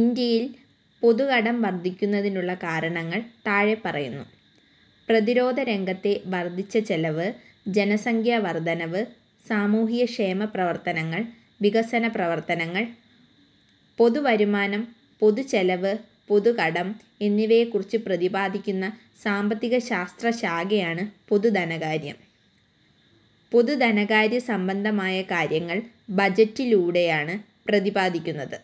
ഇന്ത്യയിൽ പൊതുകടം വർധിക്കുന്നതിനുള്ള കാരണങ്ങൾ താഴെപ്പറയുന്നു. പ്രതിരോധരംഗത്തെ വർധിച്ച ചെലവ്, ജനസംഖ്യാവർധനവ്, സാമൂഹികക്ഷേമപ്രവർത്തനങ്ങൾ, വികസനപ്രവർത്തനങ്ങൾ. പൊതുവരുമാനം, പൊതുചെലവ്, പൊതുകടം എന്നിവയെക്കുറിച്ച് പ്രതിപാദിക്കുന്ന സാമ്പത്തികശാസ്ത്രശാഖയാണ് പൊതുധനകാര്യം. പൊതു ധനകാര്യ സംബന്ധമായ കാര്യങ്ങൾ ബജറ്റിലൂടെയാണ് പ്രതിപാദിക്കുന്നത്.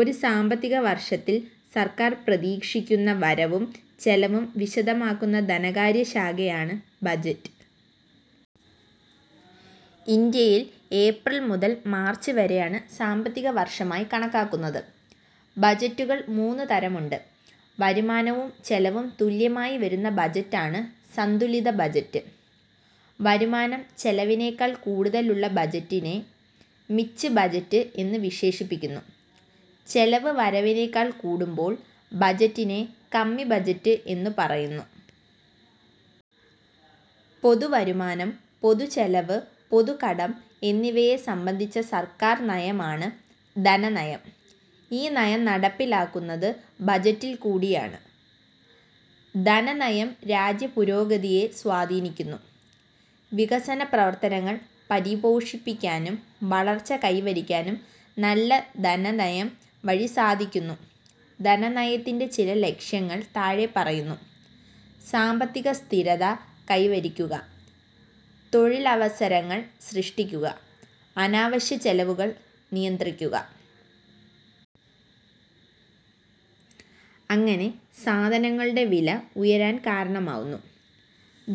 ഒരു സാമ്പത്തികവർഷത്തിൽ സർക്കാർ പ്രതീക്ഷിക്കുന്ന വരവും ചെലവും വിശദമാക്കുന്ന ധനകാര്യരേഖയാണ് ബജറ്റ്. ഇന്ത്യയിൽ ഏപ്രിൽ മുതൽ മാർച്ച് വരെയാണ് സാമ്പത്തികവർഷമായി കണക്കാക്കുന്നത്. ബജറ്റുകൾ മൂന്നു തരമുണ്ട്. വരുമാനവും ചെലവും തുല്യമായി വരുന്ന ബജറ്റാണ് സന്തുലിത ബജറ്റ്. വരുമാനം ചെലവിനേക്കാൾ കൂടുതലുള്ള ബജറ്റിനെ മിച്ച് ബജറ്റ് എന്നു വിശേഷിപ്പിക്കുന്നു. ചെലവ് വരവിനേക്കാൾ കൂടുമ്പോൾ ബജറ്റിനെ കമ്മി ബജറ്റ് എന്നു പറയുന്നു. പൊതുവരുമാനം, പൊതുചെലവ്, പൊതുകടം എന്നിവയെ സംബന്ധിച്ച സർക്കാർ നയമാണ് ധനനയം. ഈ നയം നടപ്പിലാക്കുന്നത് ബജറ്റിൽക്കൂടിയാണ്. ധനനയം രാജ്യപുരോഗതിയെ സ്വാധീനിക്കുന്നു. വികസനപ്രവർത്തനങ്ങൾ പരിപോഷിപ്പിക്കാനും വളർച്ച കൈവരിക്കാനും നല്ല ധനനയം വഴി സാധിക്കുന്നു. ധനനയത്തിന്റെ ചില ലക്ഷ്യങ്ങൾ താഴെപ്പറയുന്നു. സാമ്പത്തികസ്ഥിരത കൈവരിക്കുക. തൊഴിലവസരങ്ങൾ സൃഷ്ടിക്കുക.. അനാവശ്യ ചെലവുകൾ നിയന്ത്രിക്കുക. അങ്ങനെ സാധനങ്ങളുടെ വില ഉയരാൻ കാരണമാവുന്നു.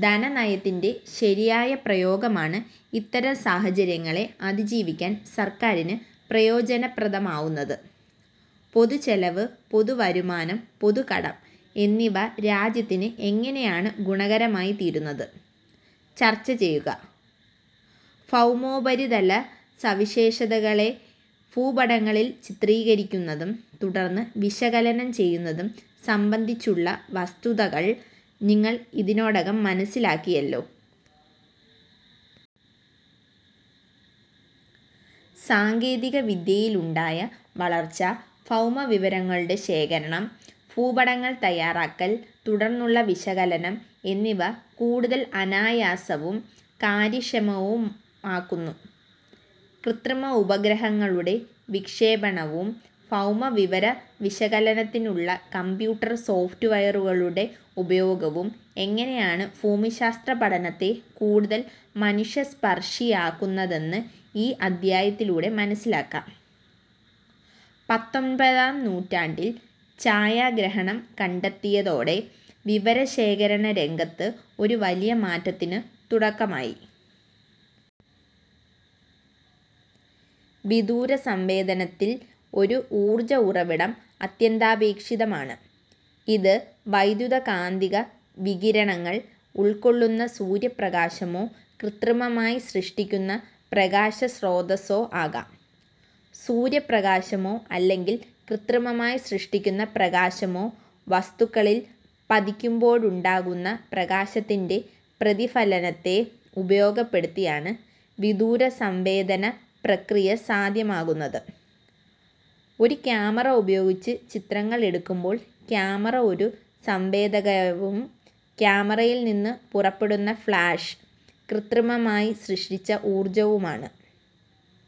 ധനനയത്തിന്റെ ശരിയായ പ്രയോഗമാണ് ഇത്തരം സാഹചര്യങ്ങളെ അതിജീവിക്കാൻ സർക്കാരിന് പ്രയോജനപ്രദമാവുന്നത്. പൊതുചെലവ്, പൊതുവരുമാനം, പൊതുകടം എന്നിവ രാജ്യത്തിന് എങ്ങനെയാണ് ഗുണകരമായിത്തീരുന്നത്? ചർച്ചചെയ്യുക. ഭൗമോപരിതല സവിശേഷതകളെ ഭൂപടങ്ങളിൽ ചിത്രീകരിക്കുന്നതും തുടർന്ന് വിശകലനം ചെയ്യുന്നതും സംബന്ധിച്ചുള്ള വസ്തുതകൾ നിങ്ങൾ ഇതിനോടകം മനസ്സിലാക്കിയല്ലോ. സാങ്കേതികവിദ്യയിലുണ്ടായ വളർച്ച ഭൗമവിവരങ്ങളുടെ ശേഖരണം, ഭൂപടങ്ങൾ തയാറാക്കൽ, തുടർന്നുള്ള വിശകലനം എന്നിവ കൂടുതൽ അനായാസവും കാര്യക്ഷമവുമാക്കുന്നു. കൃത്രിമ ഉപഗ്രഹങ്ങളുടെ വിക്ഷേപണവും ഭൗമ വിവര വിശകലനത്തിനുള്ള കമ്പ്യൂട്ടർ സോഫ്റ്റ്വെയറുകളുടെ ഉപയോഗവും എങ്ങനെയാണ് ഭൂമിശാസ്ത്രപഠനത്തെ കൂടുതൽ മനുഷ്യ സ്പർശിയാക്കുന്നതെന്ന് ഈ അധ്യായത്തിലൂടെ മനസ്സിലാക്കാം. പത്തൊൻപതാം നൂറ്റാണ്ടിൽ ഛായാഗ്രഹണം കണ്ടെത്തിയതോടെ വിവരശേഖരണരംഗത്ത് ഒരു വലിയ മാറ്റത്തിനു തുടക്കമായി. വിദൂരസംവേദനത്തിൽ ഒരു ഊർജ ഉറവിടം അത്യന്താപേക്ഷിതമാണ്. ഇത് വൈദ്യുതകാന്തിക വികിരണങ്ങൾ ഉൾക്കൊള്ളുന്ന സൂര്യപ്രകാശമോ കൃത്രിമമായി സൃഷ്ടിക്കുന്ന പ്രകാശസ്രോതസ്സോ ആകാം. സൂര്യപ്രകാശമോ അല്ലെങ്കിൽ കൃത്രിമമായി സൃഷ്ടിക്കുന്ന പ്രകാശമോ വസ്തുക്കളിൽ പതിക്കുമ്പോഴുണ്ടാകുന്ന പ്രകാശത്തിന്റെ പ്രതിഫലനത്തെ ഉപയോഗപ്പെടുത്തിയാണ് വിദൂര സംവേദന പ്രക്രിയ സാധ്യമാകുന്നത്. ഒരു ക്യാമറ ഉപയോഗിച്ച് ചിത്രങ്ങൾ എടുക്കുമ്പോൾ ക്യാമറ ഒരു സംവേദകവും ക്യാമറയിൽ നിന്നും പുറപ്പെടുന്ന ഫ്ളാഷ് കൃത്രിമമായി സൃഷ്ടിച്ച ഊർജവുമാണ്.